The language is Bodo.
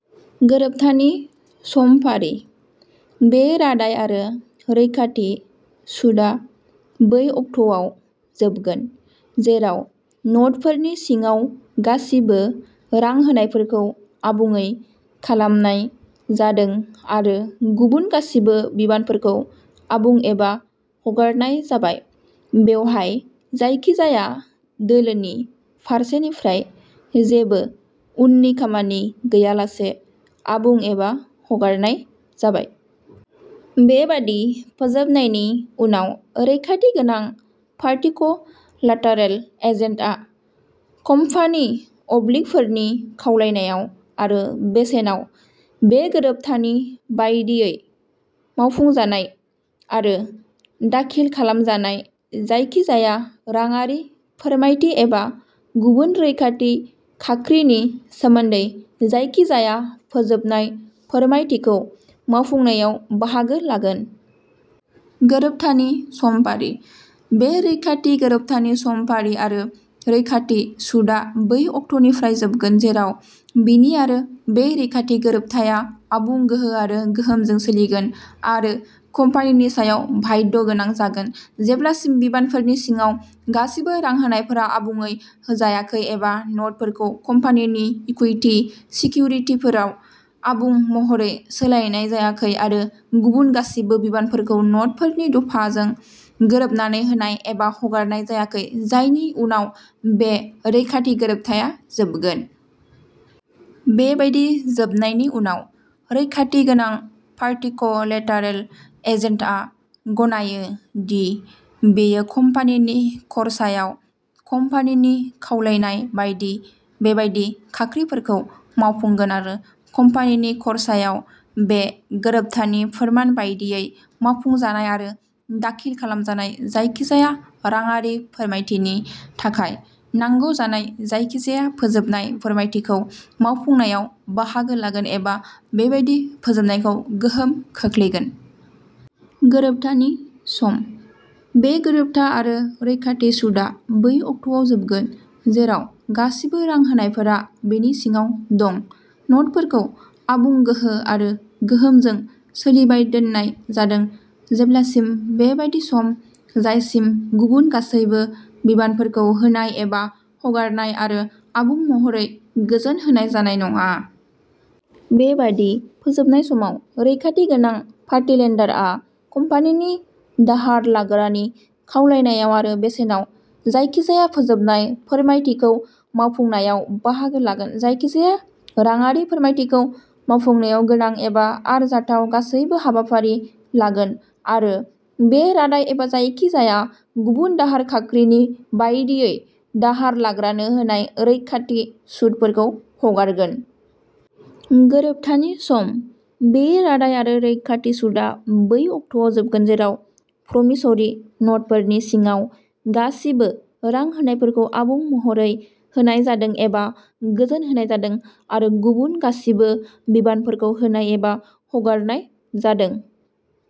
गोरोबथानि समफारि। बे रादाय आरो रैखाथि सुदआ बै अक्ट'आव जोबगोन जेराव नटफोरनि सिङाव गासिबो रां होनायफोरखौ आबुङै खालामनाय जादों आरो गुबुन गासिबो बिबानफोरखौ आबुं एबा हगारनाय जाबाय, बेवहाय जायखिजाया दोलोनि फारसेनिफ्राय जेबो उननि खामानि गैयालासे आबुं एबा हगारनाय जाबाय। बेबादि फोजोबनायनि उनाव, रैखाथि गोनां पार्टिक'लाटारेल एजेन्टआ, कम्पानि अब्लिगरफोरनि खावलायनायाव आरो बेसेनाव, बे गोरोबथानि बायदियै मावफुंजानाय आरो दाखिल खालामजानाय जायखिजाया राङारि फोरमायथि एबा गुबुन रैखाथि खाख्रिनि सोमोनदै जायखिजाया फोजोबनाय फोरमायथिखौ मावफुंनायाव बाहागो लागोन। गोरोबथानि समफारि। बे रैखाथि गोरोबथानि समफारि आरो रैखाथि सुदआ बै अक्ट'निफ्राय जोबगोन, जेराव बेनि आरो बे रैखाथि गोरोबथाया आबुं गोहो आरो गोहोमजों सोलिगोन, आरो कम्पानिनि सायाव बाध्य गोनां जागोन, जेब्लासिम बिबानफोरनि सिङाव गासिबो रां होनायफोरा आबुङै होजायाखै एबा नटफोरखौ कम्पानिनि इकुइटि सिकिउरिटिफोराव आबुं महरै सोलायनाय जायाखै आरो गुबुन गासिबो बिबानफोरखौ नटफोरनि दफा जों गोरोबनानै होनाय एबा हगारनाय जायाखै, जायनि उनाव बे रैखाथि गोरोबथाया जोबगोन। बेबादि जोबनायनि उनाव, रैखाथि गोनां पार्टिक'लेटारेल एजेन्टआ गनायो दि बेयो कम्पानिनि खरसायाव, कम्पानिनि खावलायनाय बायदि बेबादि खाख्रिफोरखौ मावफुंगोन आरो कम्पानिनि खरसायाव, बे गोरोबथानि फोरमान बायदियै मावफुंजानाय आरो दाखिल खालामजानाय जायखिजाया राङारि फोरमायथिनि थाखाय नांगौ जानाय जायखिजाया फोजोबनाय फोरमायथिखौ मावफुंनायाव बाहागो लागोन एबा बेबादि फोजोबनायखौ गोहोम खोख्लैगोन। गोरोबथानि सम। बे गोरोबथा आरो रैखाथि सुदआ बै अक्ट'आव जोबगोन, जेराव गासिबो रां होनायफोरा बेनि सिङाव दं। नटफोरखौ आबुं गोहो आरो गोहोमजों सोलिबाय दोननाय जादों जेब्लासिम बेबादि सम जायसिम गुबुन गासैबो बिबानफोरखौ होनाय एबा हगारनाय आरो आबुं महरै गोजोन होनाय जानाय नङा। बेबादि फोजोबनाय समाव, रैखाथि गोनां पार्टिलेन्डारआ, कम्पानिनि दाहार लाग्रानि खावलायनायाव आरो बेसेनाव, जायखिजाया फोजोबनाय फोरमायथिखौ मावफुंनायाव बाहागो लागोन, जायखिजाया राङारि फोरमायथिखौ मावफुंनायाव गोनां एबा आरजाथाव गासैबो हाबाफारि लागोन आरो बे रादाय एबा जायखिजाया गुबुन दाहार खाख्रिनि बायदियै दाहार लाग्रानो होनाय रैखाथि सुदफोरखौ हगारगोन। गोरोबथानि सम। बे रादाय आरो रैखाथि सुदआ बै अक्ट'आव जोबगोन जेराव प्रमिसरि नटफोरनि सिङाव गासिबो रां होनायफोरखौ आबुं महरै होनाय जादों एबा गोजोन होनाय जादों आरो गुबुन गासिबो बिबानफोरखौ होनाय एबा हगारनाय जादों।